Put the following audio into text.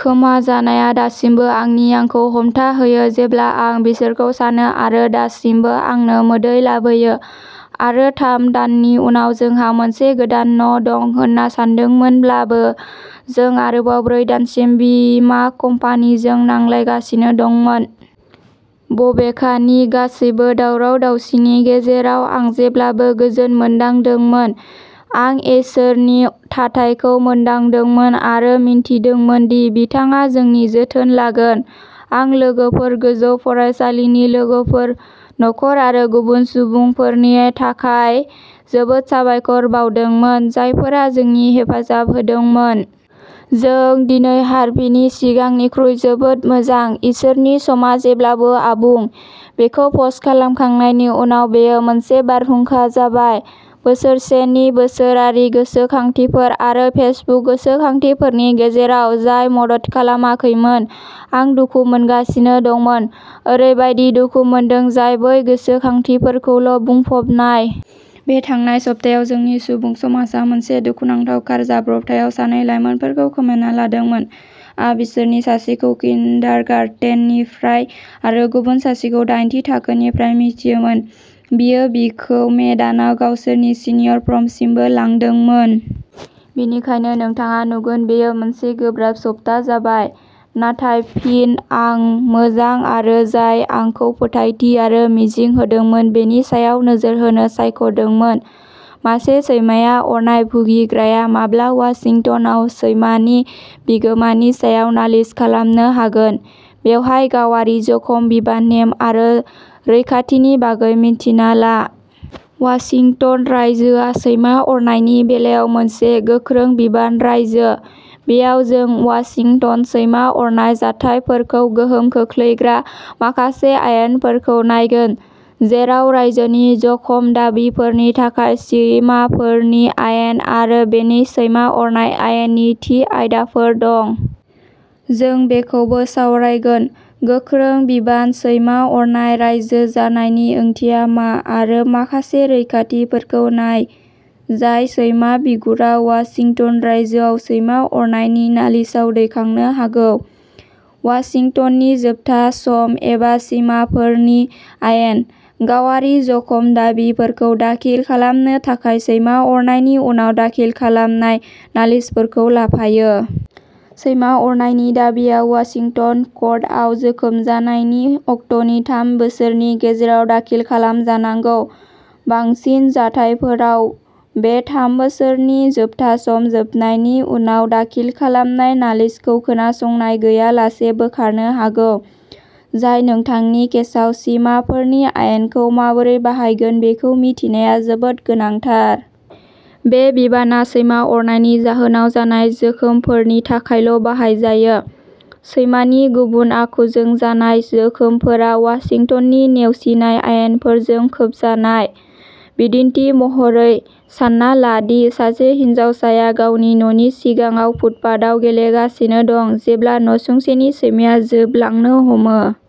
खोमाजानायआ दासिमबो आंनि हांखौ हमथाहोयो जेब्ला आं बिसोरखौ सानो आरो दासिमबो आंनो मोदै लाबोयो। आरो थाम दाननि उनाव जोंहा मोनसे गोदान न' दं होन्ना सानदोंमोनब्लाबो, जों आरोबाव ब्रै दानसिम बिमा कम्पानिजों नांलायगासिनो दंमोन। बबेखानि, गासैबो दावराव-दावसिनि गेजेराव आं जेब्लाबो गोजोन मोनदांदोंमोन। आं इसोरनि थाथायखौ मोनदांदोंमोन आरो मिन्थिदोंमोन दि बिथाङा जोंनि जोथोन लागोन। आं लोगोफोर, गोजौ फरायसालिनि लोगोफोर, नखर आरो गुबुन सुबुंफोरनि थाखाय जोबोद साबायखर बावदोंमोन, जायफोरा जोंनि हेफाजाब होदोंमोन। जों दिनै हार्भिनि सिगांनिख्रुइ जोबोद मोजां। इसोरनि समा जेब्लाबो आबुं। "बेखौ पस्ट खालामखांनायनि उनाव बेयो मोनसे बारहुंखा जाबाय। बोसोरसेनि बोसोरारि गोसोखांथिफोर आरो फेसबुक गोसोखांथिफोरनि गेजेराव, जाय मदद खालामाखैमोन, आं दुखु मोनगासिनो दंमोन। ओरैबायदि दुखु मोनदों, जाय बै गोसोखांथिफोरखौल'बुंफबनाय। बे थांनाय सप्तायाव जोंनि सुबुं समाजआ मोनसे दुखुनांथाव कार जाब्रबथायाव सानै लाइमोनफोरखौ खोमाना लादोंमोन। आ बिसोरनि सासेखौ किन्डारगार्टेननिफ्राय आरो गुबुन सासेखौ दाइन थि थाखोनिफ्राय मिथियोमोन, बियो बिखौ मे दानाव गावसोरनि सिनियर प्रमसिमबो लांदोंमोन। बेनिखायनो नोंथाङा नुगोन बेयो मोनसे गोब्राब सप्ता जाबाय। नाथाय फिन आं मोजां आरो जाय आंखौ फोथायथि आरो मिजिं होदोंमोन, बेनि सायाव नोजोर होनो सायख'दोंमोन। मासे सैमाया अरनाय भुगिग्राया माब्ला वाशिंटनआव सैमानि बिगोमानि सायाव नालिस खालामनो हागोन, बेवहाय गावारि जखम बिबान नेम आरो रैखाथिनि बागै मिन्थिना ला। वाशिंटन रायजोआ सैमा अरनायनि बेलायाव मोनसे "गोख्रों बिबान" रायजो। बेयाव, जों वाशिंटन सैमा अरनाय जाथायफोरखौ गोहोम खोख्लैग्रा माखासे आयेनफोरखौ नायगोन, जेराव रायजोनि जखम दाबिफोरनि थाखाय सिमाफोरनि आयेन आरो बेनि सैमा अरनाय आयेननि थि आयदाफोर दं। जों बेखौबो सावरायगोन। "गोख्रों बिबान" सैमा अरनाय रायजो जानायनि ओंथिया मा आरो माखासे रैखाथिफोरखौ नाय जाय सैमा बिगुरा वाशिंटन रायजोआव सैमा अरनायनि नालिसाव दैखांनो हागौ। वाशिंटननि जोबथा सम, एबा "सिमाफोरनि आयेन", गावारि जखम दाबिफोरखौ दाखिल खालामनो थाखाय सैमा अरनायनि उनाव दाखिल खालामनाय नालिसफोरखौ लाफायो। सैमा अरनायनि दाबिआ वाशिंटन कर्टआव जोखोम जानायनि अक्ट'नि थाम बोसोरनि गेजेराव दाखिल खालामजानांगौ, बांसिन जाथायफोराव। बे थाम बोसोरनि जोबथा सम जोबनायनि उनाव दाखिल खालामनाय नालिसखौ खोनासंनाय गैयालासे बोखारनो हागौ, जाय नोंथांनि केसाव सिमाफोरनि आयेनखौ माबोरै बाहायगोन बेखौ मिथिनाया जोबोद गोनांथार। बे बिबानआ सैमा अरनायनि जाहोनाव जानाय जोखोमफोरनि थाखायल'बाहायजायो। सैमानि गुबुन आखुजों जानाय जोखोमफोरा वाशिंटननि नेवसिनाय आयेनफोरजों खोबजानाय। बिदिन्थि महरै, सानना ला दि सासे हिनजावसाया गावनि न'नि सिगाङाव फुटपाथआव गेलेगासिनो दं जेब्ला नसुंसेनि सैमाया जोबलांनो हमो।